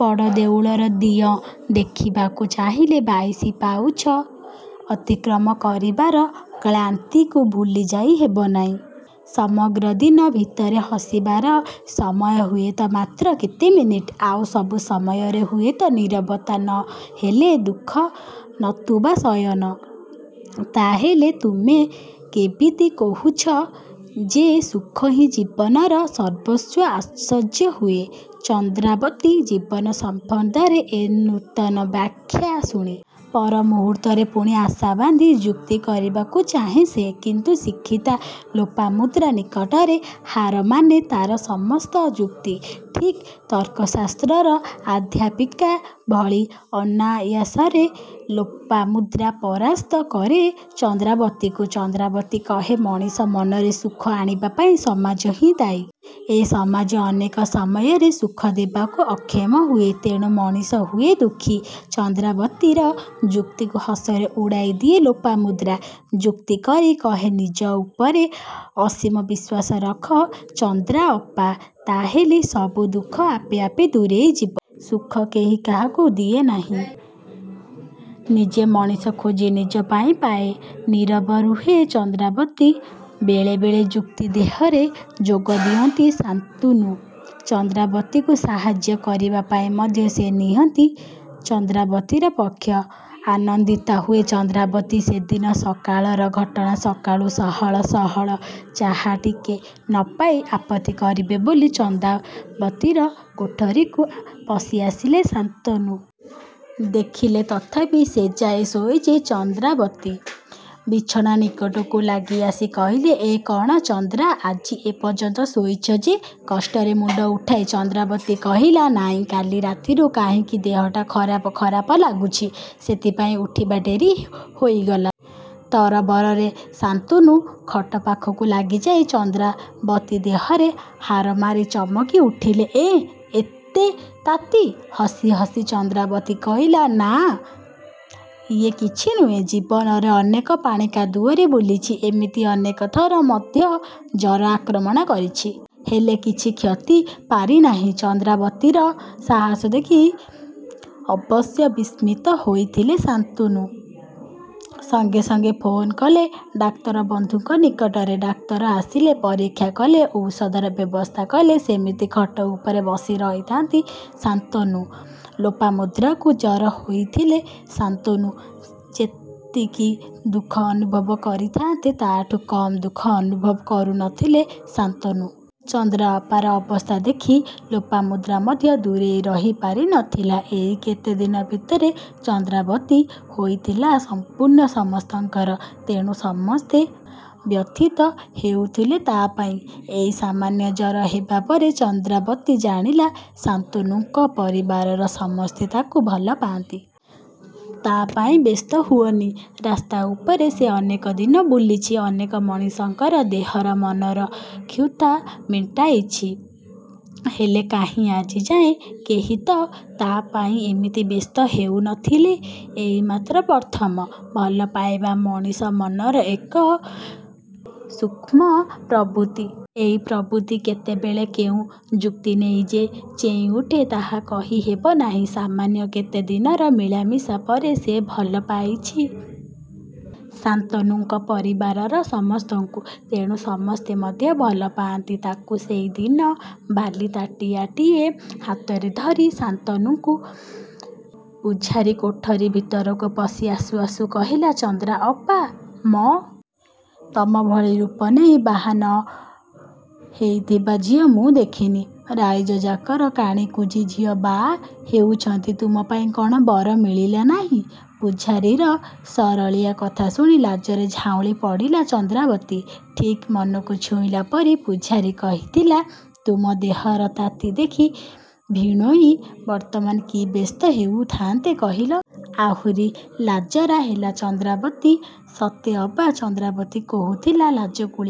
ବଡ଼ ଦେଉଳର ଦିଅଁ ଦେଖିବାକୁ ଚାହିଁଲେ ବାଇଶି ପାଉଛ ଅତିକ୍ରମ କରିବାର କ୍ଳାନ୍ତିକୁ ଭୁଲିଯାଇ ହେବନାହିଁ। ସମଗ୍ର ଦିନ ଭିତରେ ହସିବାର ସମୟ ହୁଏତ ମାତ୍ର କେତେ ମିନିଟ୍। ଆଉ ସବୁ ସମୟରେ ହୁଏତ ନୀରବତା ନ ହେଲେ ଦୁଃଖ ନତୁବା ଶୟନ। ତା'ହେଲେ ତୁମେ କେବିତି କହୁଛ ଯେ ସୁଖ ହିଁ ଜୀବନର ସର୍ବସ୍ୱ ଆଶ୍ଚର୍ଯ୍ୟ ହୁଏ ଚନ୍ଦ୍ରାବତୀ ଜୀବନ ସମ୍ୱନ୍ଧରେ ଏ ନୂତନ ବ୍ୟାଖ୍ୟା ଶୁଣି। ପର ମୁହୂର୍ତ୍ତରେ ପୁଣି ଆଶା ବାନ୍ଧି ଯୁକ୍ତି କରିବାକୁ ଚାହେଁ ସେ। କିନ୍ତୁ ଶିକ୍ଷିତା ଲୋପାମୁଦ୍ରା ନିକଟରେ ହାରମାନେ ତା'ର ସମସ୍ତ ଯୁକ୍ତି। ଠିକ୍ ତର୍କଶାସ୍ତ୍ରର ଅଧ୍ୟାପିକା ଭଳି ଅନାୟାସରେ ଲୋପାମୁଦ୍ରା ପରାସ୍ତ କରେ ଚନ୍ଦ୍ରାବତୀକୁ। ଚନ୍ଦ୍ରାବତୀ କହେ ମଣିଷ ମନରେ ସୁଖ ଆଣିବାପାଇଁ ସମାଜ ହିଁ ଦାୟୀ। ଏ ସମାଜ ଅନେକ ସମୟରେ ସୁଖ ଦେବାକୁ ଅକ୍ଷମ ହୁଏ ତେଣୁ ମଣିଷ ହୁଏ ଦୁଃଖୀ। ଚନ୍ଦ୍ରାବତୀର ଯୁକ୍ତିକୁ ହସରେ ଉଡ଼ାଇ ଦିଏ ଲୋପାମୁଦ୍ରା। ଯୁକ୍ତି କରି କହେ ନିଜ ଉପରେ ଅସୀମ ବିଶ୍ୱାସ ରଖ ଚନ୍ଦ୍ରାଅପା! ତା'ହେଲେ ସବୁ ଦୁଃଖ ଆପେ ଆପେ ଦୂରେଇ ଯିବ। ସୁଖ କେହି କାହାକୁ ଦିଏନାହିଁ ନିଜେ ମଣିଷ ଖୋଜି ନିଜ ପାଇଁ ପାଏ। '' ନୀରବ ରୁହେ ଚନ୍ଦ୍ରାବତୀ ବେଳେ ବେଳେ ଯୁକ୍ତି ଦେହରେ ଯୋଗ ଦିଅନ୍ତି ଶାନ୍ତନୁ। ଚନ୍ଦ୍ରାବତୀକୁ ସାହାଯ୍ୟ କରିବା ପାଇଁ ମଧ୍ୟ ସେ ନିଅନ୍ତି ଚନ୍ଦ୍ରାବତୀର ପକ୍ଷ। ଆନନ୍ଦିତା ହୁଏ ଚନ୍ଦ୍ରାବତୀ ସେଦିନ ସକାଳର ଘଟଣା ସକାଳୁ ସହଳ ସହଳ ଚାହାଟିକେ ନପାଇ ଆପତ୍ତି କରିବେ ବୋଲି ଚନ୍ଦ୍ରାବତୀର କୋଠରୀକୁ ପଶିଆସିଲେ ଶାନ୍ତନୁ। ଦେଖିଲେ ତଥାପି ସେଯାଏ ଶୋଇଛି ଚନ୍ଦ୍ରାବତୀ ବିଛଣା ନିକଟକୁ ଲାଗି ଆସି କହିଲେ''ଏ କ'ଣ ଚନ୍ଦ୍ରା, ଆଜି ଏ ପର୍ଯ୍ୟନ୍ତ ଶୋଇଛ ଯେ? '' କଷ୍ଟରେ ମୁଣ୍ତ ଉଠାଇ ଚନ୍ଦ୍ରାବତୀ କହିଲା ''ନାଁଇ କାଲି ରାତିରୁ କାହିଁକି ଦେହଟା ଖରାପ ଖରାପ ଲାଗୁଛି। ସେଇଥିପାଇଁ ଉଠିବା ଡେରି ହୋଇଗଲା। '' ତରବରରେ ଶାନ୍ତନୁ ଖଟ ପାଖକୁ ଲାଗିଯାଇ ଚନ୍ଦ୍ରାବତୀ ଦେହରେ ହାରମାରି ଚମକି ଉଠିଲେ''ଏଁ ଏତେ ତାତି? '' ହସି ହସି ଚନ୍ଦ୍ରାବତୀ କହିଲା ''ନାଁ ଇଏ କିଛି ନୁହେଁ। ଜୀବନରେ ଅନେକ ପାଣି କାଦୁଅରେ ବୁଲିଛି ଏମିତି ଅନେକ ଥର ମଧ୍ୟ ଜର ଆକ୍ରମଣ କରିଛି। ହେଲେ କିଛି କ୍ଷତି ପାରିନାହିଁ। '' ଚନ୍ଦ୍ରାବତୀର ସାହସ ଦେଖି ଅବଶ୍ୟ ବିସ୍ମିତ ହୋଇଥିଲେ ଶାନ୍ତନୁ। ସଙ୍ଗେ ସଙ୍ଗେ ଫୋନ କଲେ ଡାକ୍ତର ବନ୍ଧୁଙ୍କ ନିକଟରେ। ଡାକ୍ତର ଆସିଲେ। ପରୀକ୍ଷା କଲେ। ଔଷଧର ବ୍ୟବସ୍ଥା କଲେ। ସେମିତି ଖଟ ଉପରେ ବସି ରହିଥାନ୍ତି ଶାନ୍ତନୁ। ଲୋପାମୁଦ୍ରାକୁ ଜର ହୋଇଥିଲେ ଶାନ୍ତନୁ ଯେତିକି ଦୁଃଖ ଅନୁଭବ କରିଥାନ୍ତେ ତାଠାରୁ କମ୍ ଦୁଃଖ ଅନୁଭବ କରୁ ନ ଥିଲେ ଶାନ୍ତନୁ। ଚନ୍ଦ୍ରାଅପାର ଅବସ୍ଥା ଦେଖି ଲୋପାମୁଦ୍ରା ମଧ୍ୟ ଦୂରେଇ ରହି ପାରି ନ ଥିଲା। ଏଇ କେତେଦିନ ଭିତରେ ଚନ୍ଦ୍ରାବତୀ ହୋଇଥିଲା ସମ୍ପୂର୍ଣ୍ଣ ସମସ୍ତଙ୍କର। ତେଣୁ ସମସ୍ତେ ବ୍ୟଥିତ ହେଉଥିଲେ ତା' ପାଇଁ। ଏଇ ସମାନ୍ୟ ଜର ହେବାପରେ ଚନ୍ଦ୍ରାବତୀ ଜାଣିଲା ଶାନ୍ତନୁଙ୍କ ପରିବାରର ସମସ୍ତେ ତାକୁ ଭଲ ପାଆନ୍ତି। ତା' ପାଇଁ ବ୍ୟସ୍ତ ହୁଅନ୍ତି। ରାସ୍ତା ଉପରେ ସେ ଅନେକ ଦିନ ବୁଲିଛି। ଅନେକ ମଣିଷଙ୍କର ଦେହର, ମନର କ୍ଷୁଧା ମେଣ୍ଟାଇଛି ହେଲେ କାହିଁ ଆଜିଯାଏ କେହି ତ ତା' ପାଇଁ ଏମିତି ବ୍ୟସ୍ତ ହେଉ ନ ଥିଲେ ଏଇମାତ୍ର ପ୍ରଥମ। ଭଲ ପାଇବା ମଣିଷ ମନର ଏକ ସୂକ୍ଷ୍ମ ପ୍ରବୃତ୍ତି। ଏ ପ୍ରବୃତ୍ତି କେତେବେଳେ କେଉଁ ଯୁକ୍ତି ନେଇ ଯେ ଚେଇଁ ଉଠେ ତାହା କହି ହେବ ନାହିଁ। ସମାନ୍ୟ କେତେଦିନର ମିଳାମିଶା ପରେ ସେ ଭଲ ପାଇଛି ଶାନ୍ତନୁଙ୍କ ପରିବାରର ସମସ୍ତଙ୍କୁ। ତେଣୁ ସମସ୍ତେ ମଧ୍ୟ ଭଲପାନ୍ତି ତାକୁ ସେଦିନ ବାଲି ତାଟିଆଟିଏ ହାତରେ ଧରି ଶାନ୍ତନୁଙ୍କ ପୂଝାରୀ କୋଠରୀ ଭିତରକୁ ପଶି ଆସୁ ଆସୁ କହିଲା ''ଚନ୍ଦ୍ରାଅପା ମ! ତମ ଭଳି ରୂପ ନେଇ ବାହା ନ ହେଇଥିବା ଝିଅ ମୁଁ ଦେଖିନି-। ରାଇଜ ଯାକର କାଣୀ କୁଜୀ ଝିଅ ବାହା ହେଉଛନ୍ତି ତୁମ ପାଇଁ କ'ଣ ବର ମିଳିଲା ନାହିଁ-? '' ପୂଝାରୀର ସରଳିଆ କଥା ଶୁଣି ଲାଜରେ ଝାଉଁଳି ପଡ଼ିଥିଲା ଚନ୍ଦ୍ରାବତୀ। ଠିକ୍ ମନକୁ ଛୁଇଁଲା ପରି ପୂଝାରୀ କହିଥିଲା''ତୁମ ଦେହର ତାତି ଦେଖି ଭିଣୋଇ ବର୍ତ୍ତମାନ କି ବ୍ୟସ୍ତ ହେଉଥାନ୍ତେ କହିଲ? '' ଆହୁରି ଲାଜରା ହେଲା ଚନ୍ଦ୍ରାବତୀ ସତେ ଅବା ଚନ୍ଦ୍ରାବତୀ କହୁଥିଲା ଲାଜକୁଳୀ!